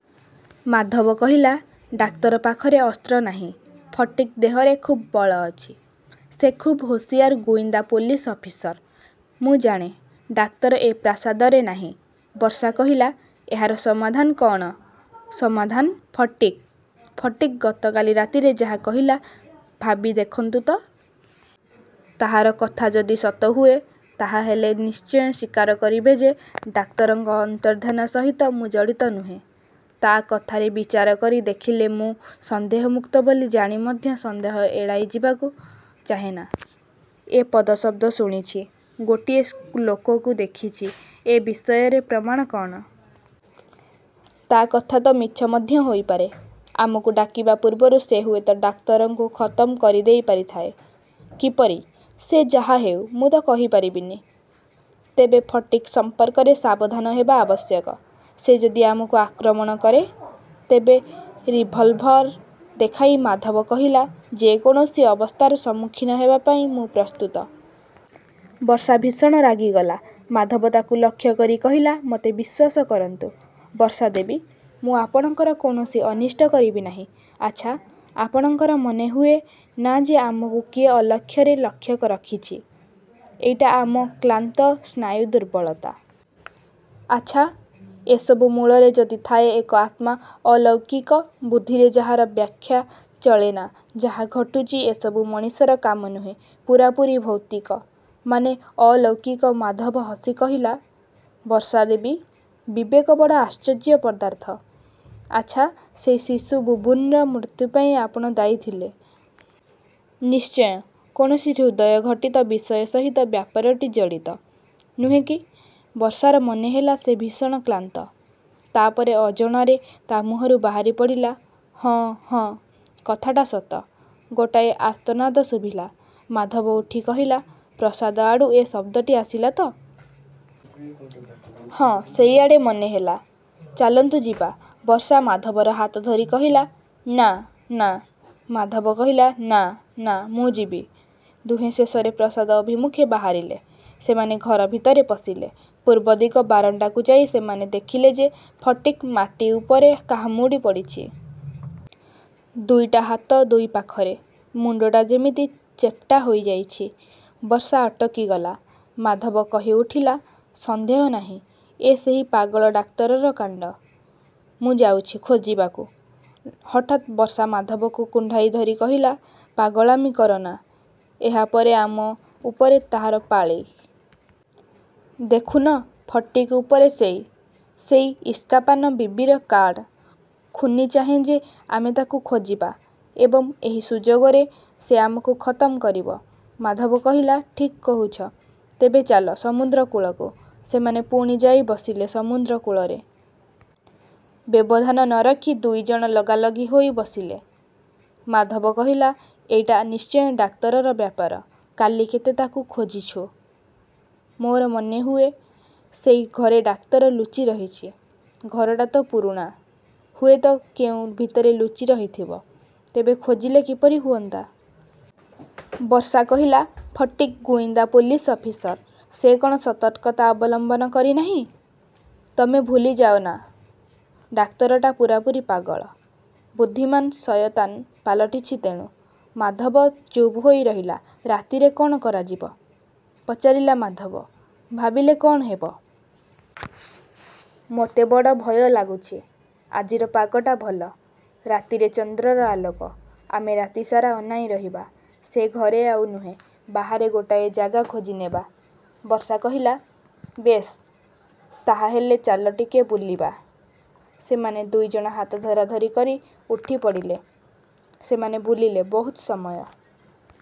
ମାଧବ କହିଲା, ଡାକ୍ତର ପାଖରେ ଅସ୍ତ୍ର ନାହିଁ। ଫଟିକ୍ ଦେହରେ ଖୁବ୍ ବଳ ଅଛି। ସେ ଖୁବ୍ ହୁସିଆର ଗୁଇନ୍ଦା ପୋଲିସ ଅଫିସର। ମୁଁ ଜାଣେ, ଡାକ୍ତର ଏ ପ୍ରାସାଦରେ ନାହିଁ। ବର୍ଷା କହିଲା, ଏହାର ସମାଧାନ କ'ଣ? ସମାଧାନ, ଫଟିକ୍? ଫଟିକ୍ ଗତକାଲି ରାତିରେ ଯାହା କହିଲା, ଭାବି ଦେଖନ୍ତୁ ତ! ତାହାର କଥା ଯଦି ସତ ହୁଏ, ତାହା ହେଲେ ନିଶ୍ଚୟ ସ୍ଵୀକାର କରିବେ ଯେ, ଡାକ୍ତରଙ୍କ ଅନ୍ତର୍ଦ୍ଧାନ ସହିତ ମୁଁ ଜଡ଼ିତ ନୁହେଁ। ତା କଥାରେ ବିଚାର କରି ଦେଖିଲେ ମୁଁ ସନ୍ଦେହମୁକ୍ତ ବୋଲି ଜାଣି ମଧ୍ୟ ସନ୍ଦେହ ଏଡ଼ାଇଯିବାକୁ ଚାହେଁନା। ସେ ପଦଶବ୍ଦ ଶୁଣିଛି, ଗୋଟିଏ ଲୋକକୁ ଦେଖିଛି, ଏ ବିଷୟରେ ପ୍ରମାଣ କ'ଣ? ତା କଥା ତ ମିଛ ମଧ୍ୟ ହୋଇପାରେ। ଆମକୁ ଡାକିବା ପୂର୍ବରୁ ସେ ହୁଏତ ଡାକ୍ତରଙ୍କୁ ଖତମ କରିଦେଇପାରିଥାଏ। କିପରି? ସେ ଯାହାହେଉ, ମୁଁ ତ କହିପାରିବିନି। ତେବେ ଫଟିକ୍ ସମ୍ପର୍କରେ ସାବଧାନ ହେବା ଆବଶ୍ୟକ। ସେ ଯଦି ଆମକୁ ଆକ୍ରମଣ କରେ, ତେବେ ରିଭଲଭର ଦେଖାଇ ମାଧବ କହିଲା, ଯେ କୌଣସି ଅବସ୍ଥାର ସମ୍ମୁଖୀନ ହେବା ପାଇଁ ମୁଁ ପ୍ରସ୍ତୁତ। ବର୍ଷା ଭୀଷଣ ରାଗିଗଲା। ମାଧବ ତାକୁ ଲକ୍ଷ୍ୟ କରି କହିଲା, ମୋତେ ବିଶ୍ଵାସ କରନ୍ତୁ, ବର୍ଷା ଦେବୀ! ମୁଁ ଆପଣଙ୍କର କୌଣସି ଅନିଷ୍ଟ କରିବି ନାହିଁ। ଆଚ୍ଛା, ଆପଣଙ୍କର ମନେହୁଏ ନା ଯେ ଆମକୁ କିଏ ଅଲକ୍ଷରେ ଲକ୍ଷ୍ୟ ରଖିଛି? ଏଇଟା ଆମ କ୍ଳାନ୍ତ ସ୍ନାୟୁ ଦୁର୍ବଳତା। ଆଚ୍ଛା, ଏସବୁ ମୂଳରେ ଯଦି ଥାଏ ଏକ ଆତ୍ମା ଅଲୌକିକ, ବୁଦ୍ଧିରେ ଯାହାର ବ୍ୟାଖ୍ୟା ଚଳେନା, ଯାହା ଘଟୁଛି ଏସବୁ ମଣିଷର କାମ ନୁହେଁ, ପୂରାପୂରି ଭୌତିକ, ମାନେ ଅଲୌକିକ ମାଧବ ହସି କହିଲା, ବର୍ଷା ଦେବୀ, ବିବେକ ବଡ଼ ଆଶ୍ଚର୍ଯ୍ୟ ପଦାର୍ଥ। ଆଚ୍ଛା, ସେହି ଶିଶୁ ବୁବୁନର ମୃତ୍ୟୁ ପାଇଁ ଆପଣ ଦାୟୀ ଥିଲେ। ନିଶ୍ଚୟ କୌଣସି ହୃଦୟଘଟିତ ବିଷୟ ସହିତ ବ୍ୟାପାରଟି ଜଡ଼ିତ। ନୁହେଁ କି? ବର୍ଷାର ମନେହେଲା ସେ ଭୀଷଣ କ୍ଳାନ୍ତ। ତା ପରେ ଅଜଣାରେ ତା ମୁହଁରୁ ବାହାରିପଡ଼ିଲା, ହଁ, ହଁ, କଥାଟା ସତ। ଗୋଟାଏ ଆର୍ତ୍ତନାଦ ଶୁଭିଲା। ମାଧବ ଉଠି କହିଲା, ପ୍ରାସାଦ ଆଡ଼ୁ ଏ ଶବ୍ଦଟି ଆସିଲା ତ? ହଁ, ସେଇଆଡ଼େ ମନେହେଲା। ଚାଲନ୍ତୁ ଯିବା। ବର୍ଷା ମାଧବର ହାତ ଧରି କହିଲା, ନା, ନା। ମାଧବ କହିଲା, ନା, ନା, ମୁଁ ଯିବି। ଦୁହେଁ ଶେଷରେ ପ୍ରାସାଦ ଅଭିମୁଖେ ବାହାରିଲେ। ସେମାନେ ଘର ଭିତରେ ପଶିଲେ। ପୂର୍ବଦିଗ ବାରଣ୍ଡାକୁ ଯାଇ ସେମାନେ ଦେଖିଲେ ଯେ ଫଟିକ୍ ମାଟି ଉପରେ ହାମୁଡ଼ି ପଡ଼ିଛି। ଦୁଇଟା ହାତ ଦୁଇ ପାଖରେ। ମୁଣ୍ଡଟା ଯେମିତି ଚେପ୍ଟା ହୋଇଯାଇଛି। ବର୍ଷା ଅଟକିଗଲା। ମାଧବ କହିଉଠିଲା, ସନ୍ଦେହ ନାହିଁ ଏ ସେହି ପାଗଳ ଡାକ୍ତରର କାଣ୍ଡ। ମୁଁ ଯାଉଛି ଖୋଜିବାକୁ। ହଠାତ୍ ବର୍ଷା ମାଧବକୁ କୁଣ୍ଢାଇ ଧରି କହିଲା, ପାଗଳାମି କରନା। ଏହା ପରେ ଆମ ଉପରେ ତାହାର ପାଳି। ଦେଖୁନ ଫଟିକ୍ ଉପରେ ସେଇ ,ସେଇ ଇସ୍କାପାନ ବିବିର କାର୍ଡ଼। ଖୁନୀ ଚାହେଁ ଯେ ଆମେ ତାକୁ ଖୋଜିବା ଏବଂ ଏହି ସୁଯୋଗରେ ସେ ଆମକୁ ଖତମ କରିବ। ମାଧବ କହିଲା, ଠିକ୍ କହୁଛ। ତେବେ ଚାଲ ସମୁଦ୍ର କୂଳକୁ। ସେମାନେ ପୁଣି ଯାଇ ବସିଲେ ସମୁଦ୍ର କୂଳରେ। ବ୍ୟବଧାନ ନ ରଖି ଦୁଇ ଜଣ ଲଗାଲଗି ହୋଇ ବସିଲେ। ମାଧବ କହିଲା, ଏଇଟା ନିଶ୍ଚୟ ଡାକ୍ତରର ବ୍ୟାପାର। କାଲି କେତେ ତାକୁ ଖୋଜିଛୁ! ମୋର ମନେହୁଏ ସେଇ ଘରେ ଡାକ୍ତର ଲୁଚିରହିଛି। ଘରଟା ତ ପୁରୁଣା। ହୁଏତ କେଉଁ ଭିତରେ ଲୁଚି ରହିଥିବ। ତେବେ ଖୋଜିଲେ କିପରି ହୁଅନ୍ତା? ବର୍ଷା କହିଲା, ଫଟିକ୍ ଗୁଇନ୍ଦା ପୋଲିସ ଅଫିସର। ସେ କ'ଣ ସତର୍କତା ଅବଲମ୍ବନ କରିନାହିଁ! ତମେ ଭୁଲିଯାଅ ନା ଡାକ୍ତରଟା ପୂରାପୂରି ପାଗଳ। ବୁଦ୍ଧିମାନ ଶୟତାନ ପାଲଟିଛି ତେଣୁ। ମାଧବ ଚୁପ ହୋଇ ରହିଲା। ରାତିରେ କ'ଣ କରାଯିବ? ପଚାରିଲା ମାଧବ। ଭାବିଲେ କ'ଣ ହେବ! ମୋତେ ବଡ଼ ଭୟ ଲାଗୁଛି। ଆଜିର ପାଗଟା ଭଲ। ରାତିରେ ଚନ୍ଦ୍ରର ଆଲୋକ। ଆମେ ରାତିସାରା ଅନାଇ ରହିବା। ସେ ଘରେ ଆଉ ନୁହେଁ। ବାହାରେ ଗୋଟାଏ ଜାଗା ଖୋଜିନେବା। ବର୍ଷା କହିଲା, ବେଶ୍, ତାହା ହେଲେ ଚାଲ ଟିକିଏ ବୁଲିବା। ସେମାନେ ଦୁଇ ଜଣ ହାତ ଧରାଧରି କରି ଉଠିପଡ଼ିଲେ। ସେମାନେ ବୁଲିଲେ ବହୁତ ସମୟ।